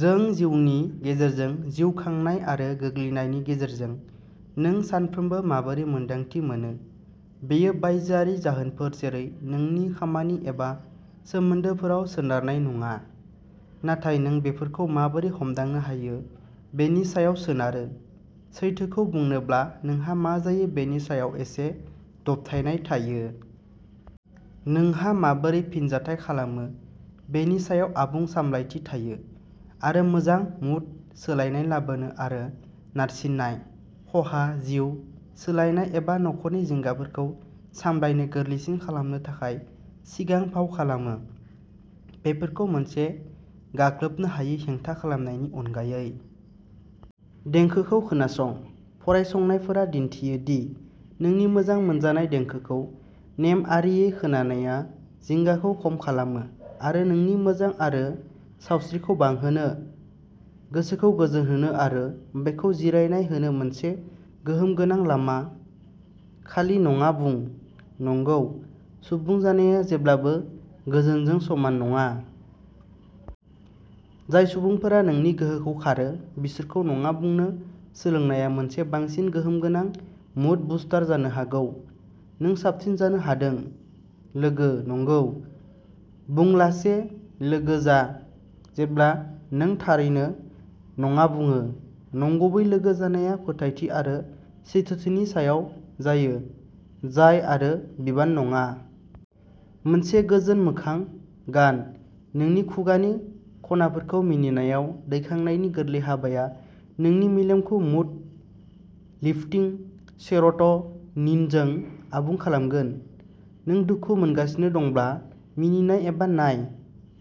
जों जिउनि गेजेरजों जिउ खांनाय आरो गोग्लैनायनि गेजेरजों। नों सानफ्रोमबो माबोरै मोन्दांथि मोनो, बेयो बायजोआरि जाहोनफोर जेरै नोंनि खामानि एबा सोमोन्दोफोराव सोनारनाय नङा, नाथाय नों बेफोरखौ माबोरै हमदांनो हायो बेनि सायाव सोनारो। सैथोखौ बुंनोब्ला, नोंहा मा जायो बेनि सायाव एसे दबथायनाय थायो। नोंहा माबोरै फिनजाथाय खालामो बेनि सायाव आबुं सामलायथि थायो आरो मोजां मुड सोलायनाय लाबोनो आरो नारसिननाय, खहा, जिउ सोलायनाय एबा नखरनि जिंगाफोरखौ सामलायनो गोरलैसिन खालामनो थाखाय सिगां-फाव खालामो, बेफोरखौ मोनसे गाग्लोबनो हायै हेंथा खालामनायनि अनगायै। देंखोखौ खोनासंः फरायसंनायफोरा दिन्थियो दि नोंनि मोजां मोनजानाय देंखोखौ नेमआरियै खोनानाया जिंगाखौ खम खालामो आरो नोंनि मोजां आरो सावस्रिखौ बांहोनो, गोसोखौ गोजोन होनो आरो बेखौ जिरायनाय होनो मोनसे गोहोमगोनां लामा। खालि नङा बुं नंगौ सुबुं जानाया जेब्लाबो गोजोनजों समान नङा। जाय सुबुंफोरा नोंनि गोहोखौ खारो बिसोरखौ नङा बुंनो सोलोंनाया मोनसे बांसिन गोहोमगोनां मुड बुस्टार जानो हागौ। नों साबसिन जानो हादों। लोगो "नंगौ" बुंलासे लोगो जा जेब्ला नों थारैनो "नङा" बुङो। नंगुबै लोगो जानाया फोथायथि आरो सैथोथिनि सायाव जायो, दाय आरो बिबान नङा। मोनसे गोजोन मोखां गानः नोंनि खुगानि खनाफोरखौ मिनिनायाव दैखांनायनि गोरलै हाबाया नोंनि मेलेमखौ मुड-लिफ्टिं सेर'ट'निनजों आबुं खालामगोन। नों दुखु मोनगासिनो दंब्ला, मिनिनाय एबा नाय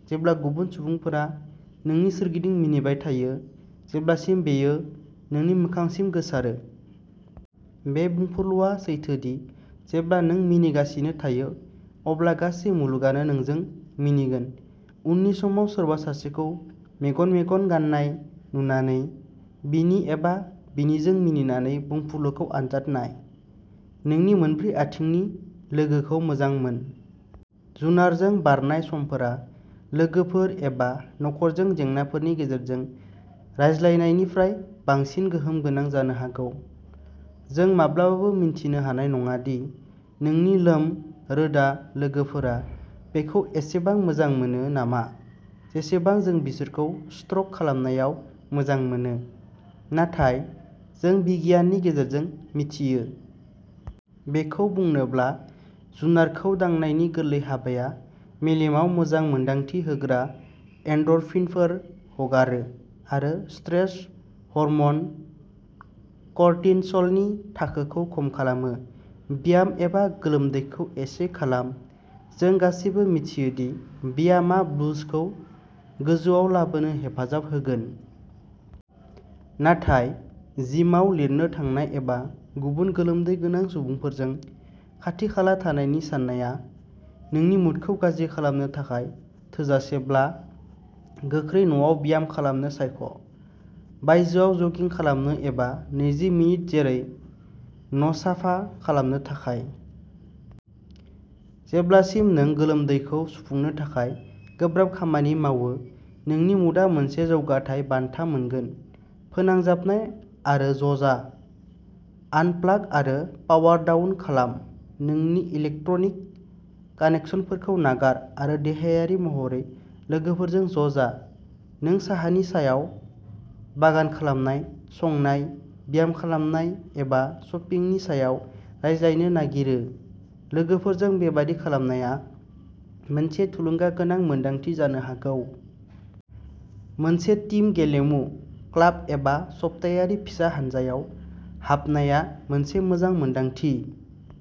जेब्ला गुबुन सुबुंफोरा नोंनि सोरगिदिं मिनिबाय थायो जेब्लासिम बेयो नोंनि मोखांसिम गोसारो। बे बुंफुरलुआ सैथो दि जेब्ला नों मिनिगासिनो थायो अब्ला गासै मुलुगानो नोंजों मिनिगोन। उननि समाव सोरबा सासेखौ मेगन-मेगन गाननाय नुनानै बिनि एबा बिनिजों मिनिनानै बुंफुरलुखौ आनजाद नाय। नोंनि मोनब्रै आथिंनि लोगोखौ मोजां मोन। जुनारजों बारनाय समफोरा लोगोफोर एबा नखरजों जेंनाफोरनि गेजेरजों रायज्लायनायनिफ्राय बांसिन गोहोम गोनां जानो हागौ। जों माब्लाबाबो मिन्थिनो हानाय नङा दि जोंनि लोम-रोदा लोगोफोरा बेखौ एसेबां मोजां मोनो नामा जेसेबां जों बिसोरखौ स्ट्रक खालामनायाव मोजां मोनो, नाथाय जों बिगियाननि गेजेरजों मिथियो। बेखौ बुंनोब्ला, जुनारखौ दांनायनि गोरलै हाबाया मेलेमाव मोजां मोन्दांथि होग्रा एन्ड'रफिनफोर हगारो आरो स्ट्रेस हर्म'न कर्टिसलनि थाखोखौ खम खालामो। ब्याम एबा गोलोमदैखौ एसे खालाम। जों गासैबो मिथियो दि ब्यामआ ब्लुजखौ गोजौआव लाबोनो हेफाजाब होगोन। नाथाय जिमाव लिरनो थांनाय एबा गुबुन गोलोमदै गोनां सुबुंफोरजों खाथि-खाला थानायनि साननाया नोंनि मुडखौ गाज्रि खालामनो थाखाय थोजासेब्ला, गोख्रै न'आव ब्याम खालामनो सायख', बायजोआव जगिं खालामनो एबा नैजि मिनिट जोरै न'साफा खालामनो थाखाय। जेब्लासिम नों गोलोमदैखौ सुफुंनो थाखाय गोब्राब खामानि मावो, नोंनि मुडआ मोनसे जौगाथाइ बान्था मोनगोन। फोनांजाबनाय आरो ज'जा। आनप्लाग आरो पावार डाउन खालाम, नोंनि इलेक्ट्रनिक कानेकसनफोरखौ नागार आरो देहायारि महरै लोगोफोरजों ज'जा। नों साहानि सायाव, बागान खालामनाय, संनाय, ब्याम खालामनाय, एबा शपिंनि सायाव रायज्लायनो नागिरो, लोगोफोरजों बेबादि खालामनाया मोनसे थुलुंगागोनां मोनदांथि जानो हागौ। मोनसे टीम गेलेमु, क्लाब एबा सप्तायारि फिसा हानजायाव हाबनाया मोनसे मोजां मोनदांथि।